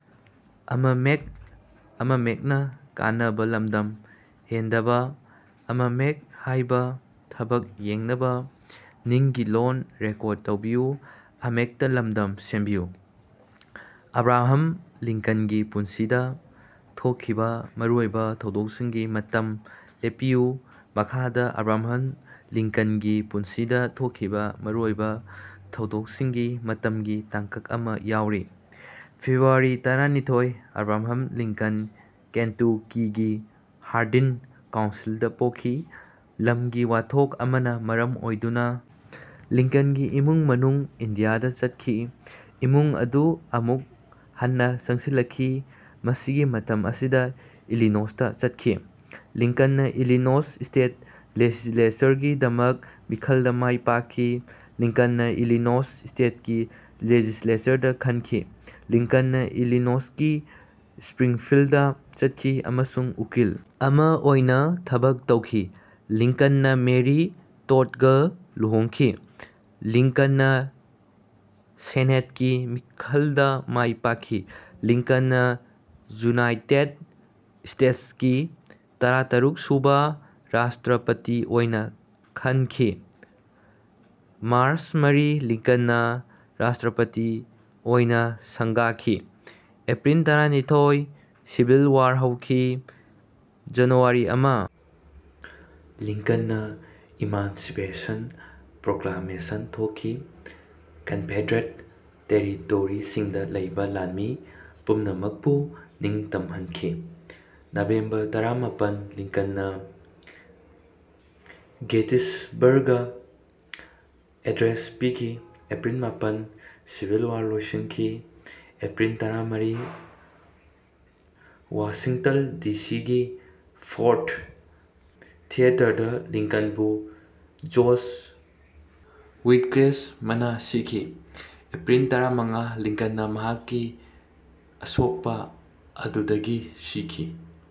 Abraham ꯂꯤꯡꯀꯟꯒꯤ ꯄꯨꯟꯁꯤꯗ ꯊꯣꯛꯈꯤꯕ ꯃꯔꯨꯑꯣꯏꯕ ꯊꯧꯗꯣꯛꯁꯤꯡꯒꯤ ꯃꯇꯝ ꯂꯦꯞꯄꯤꯌꯨ꯫ ꯃꯈꯥꯗ ꯑꯕ꯭ꯔꯥꯍꯥꯝ ꯂꯤꯡꯀꯟꯒꯤ ꯄꯨꯟꯁꯤꯗ ꯊꯣꯛꯈꯤꯕ ꯃꯔꯨꯑꯣꯏꯕ ꯊꯧꯗꯣꯛꯁꯤꯡꯒꯤ ꯃꯇꯝꯒꯤ ꯇꯥꯡꯀꯛ ꯑꯃ ꯌꯥꯎꯔꯤ: ꯐꯦꯕ꯭ꯔꯨꯋꯥꯔꯤ ꯇꯔꯥꯅꯤꯊꯣꯏ, ꯑꯦꯕ꯭ꯔꯥꯍꯥꯝ ꯂꯤꯡꯀꯟ ꯀꯦꯟꯇꯨꯀꯤꯒꯤ ꯍꯥꯔꯗꯤꯟ ꯀꯥꯎꯟꯁꯤꯜꯗ ꯄꯣꯛꯈꯤ꯫ ꯂꯝꯒꯤ ꯋꯥꯊꯣꯛ ꯑꯃꯅ ꯃꯔꯝ ꯑꯣꯏꯗꯨꯅ ꯂꯤꯡꯀꯟꯒꯤ ꯏꯃꯨꯡ ꯃꯅꯨꯡ ꯏꯟꯗꯤꯌꯥꯗ ꯆꯠꯈꯤ꯫ ꯏꯃꯨꯡ ꯑꯗꯨ ꯑꯃꯨꯛ ꯍꯟꯅ ꯆꯪꯁꯤꯜꯂꯛꯈꯤ, ꯃꯁꯤꯒꯤ ꯃꯇꯝ ꯑꯁꯤꯗ ꯏꯂꯤꯅꯣꯁꯇ ꯆꯠꯈꯤ꯫ ꯂꯤꯡꯀꯟꯅ ꯏꯂꯤꯅꯣꯏꯁ ꯁ꯭ꯇꯦꯠ ꯂꯦꯖꯤꯁꯂꯦꯆꯔꯒꯤꯗꯃꯛ ꯃꯤꯈꯜꯗ ꯃꯥꯏ ꯄꯥꯛꯈꯤ꯫ ꯂꯤꯡꯀꯟꯅ ꯏꯂꯤꯅꯣꯁ ꯁ꯭ꯇꯦꯠꯀꯤ ꯂꯦꯖꯤꯁꯂꯦꯆꯔꯗ ꯈꯟꯈꯤ꯫ ꯂꯤꯡꯀꯟꯅ ꯏꯂꯤꯅꯣꯁꯀꯤ ꯁ꯭ꯄꯔꯤꯟꯐꯤꯜꯗꯗ ꯆꯠꯈꯤ ꯑꯃꯁꯨꯡ ꯎꯀꯤꯜ ꯑꯃ ꯑꯣꯏꯅ ꯊꯕꯛ ꯇꯧꯈꯤ꯫ ꯂꯤꯡꯀꯟꯅ ꯃꯦꯔꯤ ꯇꯣꯗꯒ ꯂꯨꯍꯣꯡꯈꯤ꯫ ꯂꯤꯡꯀꯟꯅ ꯁꯦꯅꯦꯠꯀꯤ ꯃꯤꯈꯜꯗ ꯃꯥꯏ ꯄꯥꯛꯈꯤ꯫ ꯂꯤꯡꯀꯟꯅ ꯌꯨꯅꯥꯏꯇꯦꯗ ꯁ꯭ꯇꯦꯇꯁꯀꯤ ꯇꯔꯥꯇꯔꯨꯛꯁꯨꯕ ꯔꯥꯁꯇ꯭ꯔꯄꯇꯤ ꯑꯣꯏꯅ ꯈꯟꯈꯤ꯫ ꯃꯥꯔꯆ ꯃꯔꯤ, ꯂꯤꯡꯀꯟꯅ ꯔꯥꯁꯇ꯭ꯔꯄꯇꯤ ꯑꯣꯏꯅ ꯁꯪꯒꯥꯈꯤ꯫ ꯑꯦꯄ꯭ꯔꯤꯜ ꯇꯔꯥꯅꯤꯊꯣꯏ, ꯁꯤꯚꯤꯜ ꯋꯥꯔ ꯍꯧꯈꯤ꯫ ꯖꯅꯨꯋꯥꯔꯤ ꯑꯃ, ꯂꯤꯡꯀꯟꯅ ꯏꯃꯥꯟꯁꯤꯄꯦꯁꯟ ꯄ꯭ꯔꯣꯀ꯭ꯂꯥꯃꯦꯁꯟ ꯊꯣꯛꯈꯤ, ꯀꯟꯐꯦꯗ꯭ꯔꯦꯠ ꯇꯦꯔꯤꯇꯣꯔꯤꯁꯤꯡꯗ ꯂꯩꯕ ꯂꯥꯟꯃꯤ ꯄꯨꯝꯅꯃꯛꯄꯨ ꯅꯤꯡꯇꯝꯍꯟꯈꯤ꯫ ꯅꯕꯦꯝꯕꯔ ꯇꯔꯥꯃꯥꯄꯜ, ꯂꯤꯡꯀꯟꯅ ꯒꯦꯇꯤꯁꯕꯔꯒ ꯑꯦꯗ꯭ꯔꯦꯁ ꯄꯤꯈꯤ꯫ ꯑꯦꯄ꯭ꯔꯤꯜ ꯃꯥꯄꯜ, ꯁꯤꯚꯤꯜ ꯋꯥꯔ ꯂꯣꯏꯁꯤꯟꯈꯤ꯫ ꯑꯦꯄ꯭ꯔꯤꯜ ꯇꯔꯥꯃꯔꯤ, ꯋꯥꯁꯤꯡꯇꯟ ꯗꯤ ꯁꯤ ꯒꯤ ꯐꯣꯔꯗ ꯊꯤꯌꯦꯇꯔꯗ ꯂꯤꯡꯀꯟꯕꯨ ꯖꯣꯟꯁ ꯋꯤꯀꯦꯁ ꯃꯅꯥ ꯁꯤꯈꯤ꯫ ꯑꯦꯞꯔꯤꯜ ꯇꯔꯥꯃꯉꯥ, ꯂꯤꯡꯀꯟꯅ ꯃꯍꯥꯛꯀꯤ ꯑꯁꯣꯛꯄ ꯑꯗꯨꯗꯒꯤ ꯁꯤꯈꯤ꯫